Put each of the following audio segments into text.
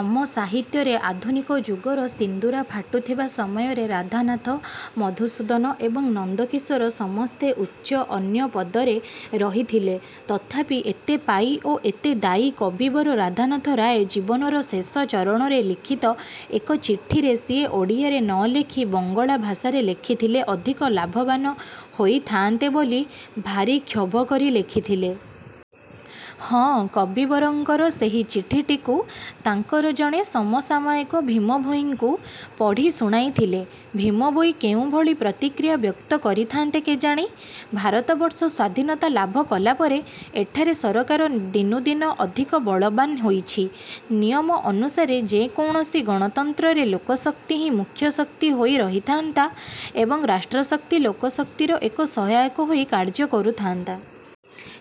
ଆମ ସାହିତ୍ୟରେ ଆଧୁନିକ ଯୁଗର ସିନ୍ଦୂରା ଫାଟୁଥିବା ସମୟରେ ରାଧାନାଥ, ମଧୁସୂଦନ ଏବଂ ନନ୍ଦକିଶୋର ସମସ୍ତେ ଉଚ୍ଚ ଅନ୍ୟ ପଦରେ ରହିଥିଲେ। ତଥାପି, ଏତେ ପାଇ ଓ ଏତେ ଦାଇ କବିବର ରାଧାନାଥ ରାୟ ଜୀବନର ଶେଷ ଚରଣରେ ଲିଖିତ ଏକ ଚିଠିରେ ସିଏ ଓଡ଼ିଆରେ ନଲେଖି ବଙ୍ଗଳା ଭାଷାରେ ଲେଖିଥଲେ ଅଧିକ ଲାଭବାନ ହୋଇଥାଆନ୍ତେ ବୋଲି ଭାରି କ୍ଷୋଭ କରି ଲେଖିଥିଲେ। ହଁ, କବିବରଙ୍କର ସେହି ଚିଠିଟିକୁ ତାଙ୍କର ଜଣେ ସମସାମୟିକ ଭୀମଭୋଇଙ୍କୁ ପଢ଼ି ଶୁଣାଇଥିଲେ ଭୀମଭୋଇ କେଉଁଭଳି ପ୍ରତିକ୍ରିୟା ବ୍ୟକ୍ତ କରିଥାନ୍ତେ କେଜାଣି? ଭାରତବର୍ଷ ସ୍ଵାଧୀନତା ଲାଭ କଲାପରେ ଏଠାରେ ସରକାର ଦିନୁଦିନ ଅଧିକ ବଳବାନ୍ ହୋଇଛି। ନିୟମ ଅନୁସାରେ ଯେକୌଣସି ଗଣତନ୍ତ୍ରରେ ଲୋକଶକ୍ତି ହିଁ ମୁଖ୍ୟ ଶକ୍ତି ହୋଇ ରହିଥାନ୍ତା ଏବଂ ରାଷ୍ଟ୍ରଶକ୍ତି ଲୋକଶକ୍ତିର ଏକ ସହାୟକ ହୋଇ କାର୍ଯ୍ୟ କରୁଥାନ୍ତା।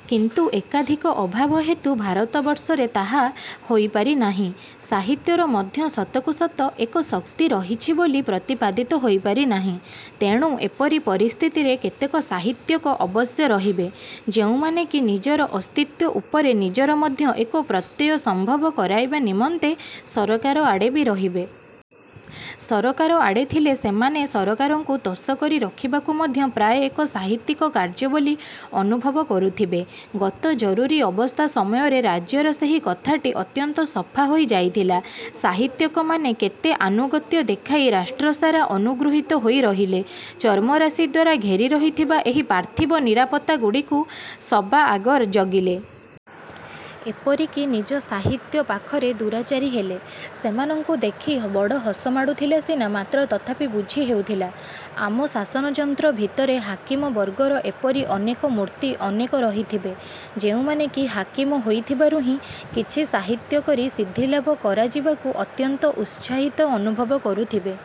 କିନ୍ତୁ ଏକାଧିକ ଅଭାବ ହେତୁ ଭାରତବର୍ଷରେ ତାହା ହୋଇପାରି ନାହିଁ। ସାହିତ୍ୟର ମଧ୍ୟ ସତକୁ ସତ ଏକ ଶକ୍ତି ରହିଛି ବୋଲି ପ୍ରତିପାଦିତ ହୋଇପାରି ନାହିଁ। ତେଣୁ, ଏପରି ପରିସ୍ଥିତିରେ କେତେକ ସାହିତ୍ୟିକ ଅବଶ୍ୟ ରହିବେ, ଯେଉଁମାନେ କି ନିଜର ଅସ୍ତିତ୍ୱ ଉପରେ ନିଜର ମଧ୍ୟ ଏକ ପ୍ରତ୍ୟୟ ସମ୍ଭବ କରାଇବା ନିମନ୍ତେ ସରକାର ଆଡ଼େ ବି ରହିବେ। ସରକାର ଆଡ଼େ ଥିଲେ ସେମାନେ ସରକାରଙ୍କୁ ତୋଷ କରି ରଖିବାକୁ ମଧ୍ୟ ପ୍ରାୟ ଏକ ସାହିତ୍ୟିକ କାର୍ଯ୍ୟ ବୋଲି ଅନୁଭବ କରୁଥିବେ। ଗତ ଜରୁରୀ ଅବସ୍ଥା ସମୟରେ ରାଜ୍ୟରେ ସେହି କଥାଟି ଅତ୍ୟନ୍ତ ସଫାହୋଇ ଯାଇଥିଲା। ସାହିତ୍ୟିକମାନେ କେତେ ଆନୁଗତ୍ୟ ଦେଖାଇ ରାଷ୍ଟ୍ର ଦ୍ଵାରା ଅନୁଗୃହୀତ ହୋଇ ରହିଲେ, ଚର୍ମରାଶି ଦ୍ୱାରା ଘେରି ରହିଥିବା ଏହି ପାର୍ଥିବ ନିରାପତ୍ତାଗୁଡ଼ିକୁ ସବା ଆଗ ଜଗିଲେ। ଏପରିକି ନିଜ ସାହିତ୍ୟ ପାଖରେ ଦୁରାଚାରୀ ହେଲେ। ସେମାନଙ୍କୁ ଦେଖି ବଡ଼ ହସ ମାଡୁଥିଲା ସିନା, ମାତ୍ର ତଥାପି ବୁଝି ହେଉଥିଲା। ଆମ ଶାସନଯନ୍ତ୍ର ଭିତରେ ହାକିମ ବର୍ଗର ଏପରି ଅନେକ ମୂର୍ତ୍ତି ଅନେକ ରହିଥିବେ, ଯେଉଁମାନେ କି ହାକିମ ହୋଇଥିବାରୁ ହିଁ କିଛି ସାହିତ୍ୟ କରି ସିଦ୍ଧିଲାଭ କରାଯିବାକୁ ଅତ୍ୟନ୍ତ ଉତ୍ସାହିତ ଅନୁଭବ କରୁଥିବେ।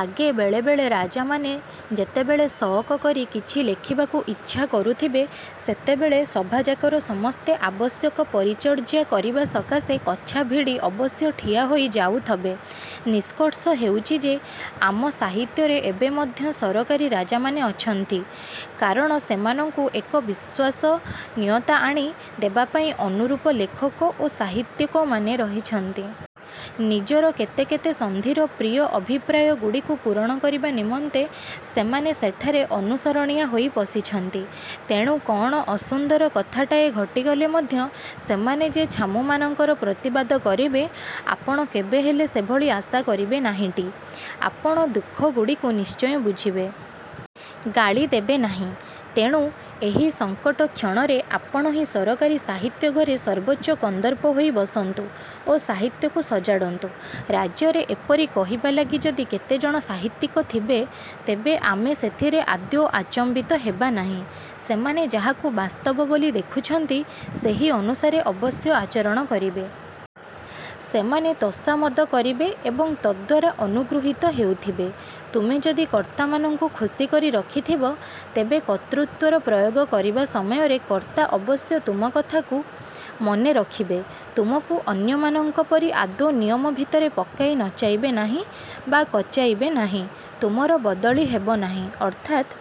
ଆଗେ ବେଳେବେଳେ ରାଜାମାନେ ଯେତେବେଳେ ସଅକ କରି କିଛି ଲେଖିବାକୁ ଇଚ୍ଛା କରୁଥିବେ, ସେତେବେଳେ ସଭାଯାକର ସମସ୍ତେ ଆବଶ୍ୟକ ପରିଚର୍ଯ୍ୟା କରିବା ସକାଶେ କଛା ଭିଡ଼ି ଅବଶ୍ୟ ଠିଆ ହୋଇ ଯାଉଥବେ। ନିଷ୍କର୍ଷ ହେଉଛି ଯେ, ଆମ ସାହିତ୍ୟରେ ଏବେ ମଧ୍ୟ ସରକାରୀ ରାଜାମାନେ ଅଛନ୍ତି, କାରଣ ସେମାନଙ୍କୁ ଏକ ବିଶ୍ୱସନୀୟତା ଆଣି ଦେବାପାଇଁ ଅନୁରୂପ ଲେଖକ ଓ ସାହିତ୍ୟିକମାନେ ରହିଛନ୍ତି-। ନିଜର କେତେ କେତେ ସନ୍ଧିର ପ୍ରିୟ ଅଭିପ୍ରାୟଗୁଡ଼ିକୁ ପୂରଣ କରିବା ନିମନ୍ତେ ସେମାନେ ସେଠାରେ ଅନୁସରଣିଆ ହୋଇ ପଶିଛନ୍ତି। ତେଣୁ, କ'ଣ ଅସୁନ୍ଦର କଥାଟାଏ ଘଟିଗଲେ ମଧ୍ୟ ସେମାନେ ଯେ ଛାମୁମାନଙ୍କର ପ୍ରତିବାଦ କରିବେ, ଆପଣ କେବେହେଲେ ସେଭଳି ଆଶା କରିବେ ନାହିଁଟି। ଆପଣ ଦୁଃଖଗୁଡ଼ିକୁ ନିଶ୍ଚୟ ବୁଝିବେ। ଗାଳି ଦେବେନାହିଁ। ତେଣୁ, ଏହି ସଂକଟକ୍ଷଣରେ ଆପଣ ହିଁ ସରକାରୀ ସାହିତ୍ୟ ଘରେ ସର୍ବୋଚ୍ଚ କନ୍ଦର୍ପ ହୋଇ ବସନ୍ତୁ ଓ ସାହିତ୍ୟକୁ ସଜାଡ଼ନ୍ତୁ, ରାଜ୍ୟରେ ଏପରି କହିବା ଲାଗି ଯଦି କେତେଜଣ ସାହିତ୍ୟିକ ଥିବେ, ତେବେ ଆମେ ସେଥିରେ ଆଦୌ ଆଚମ୍ବିତ ହେବାନାହିଁ। ସେମାନେ ଯାହାକୁ ବାସ୍ତବ ବୋଲି ଦେଖୁଛନ୍ତି, ସେହି ଅନୁସାରେ ଅବଶ୍ୟ ଆଚରଣ କରିବେ। ସେମାନେ ତୋଷାମଦ କରିବେ ଏବଂ ତଦ୍ଦ୍ୱାରା ଅନୁଗୃହୀତ ହେଉଥିବେ। ତୁମେ ଯଦି କର୍ତ୍ତାମାନଙ୍କୁ ଖୁସି କରି ରଖିଥିବ, ତେବେ କର୍ତ୍ତୃତ୍ୱର ପ୍ରୟୋଗ କରିବା ସମୟରେ କର୍ତ୍ତା ଅବଶ୍ୟ ତୁମ କଥାକୁ ମନେରଖିବେ, ତୁମକୁ ଅନ୍ୟମାନଙ୍କ ପରି ଆଦୌ ନିୟମ ଭିତରେ ପକାଇ ନଚାଇବେ ନାହିଁ ବା କଚାଇବେ ନାହିଁ। ତୁମର ବଦଳି ହେବନାହିଁ,- ଅର୍ଥାତ୍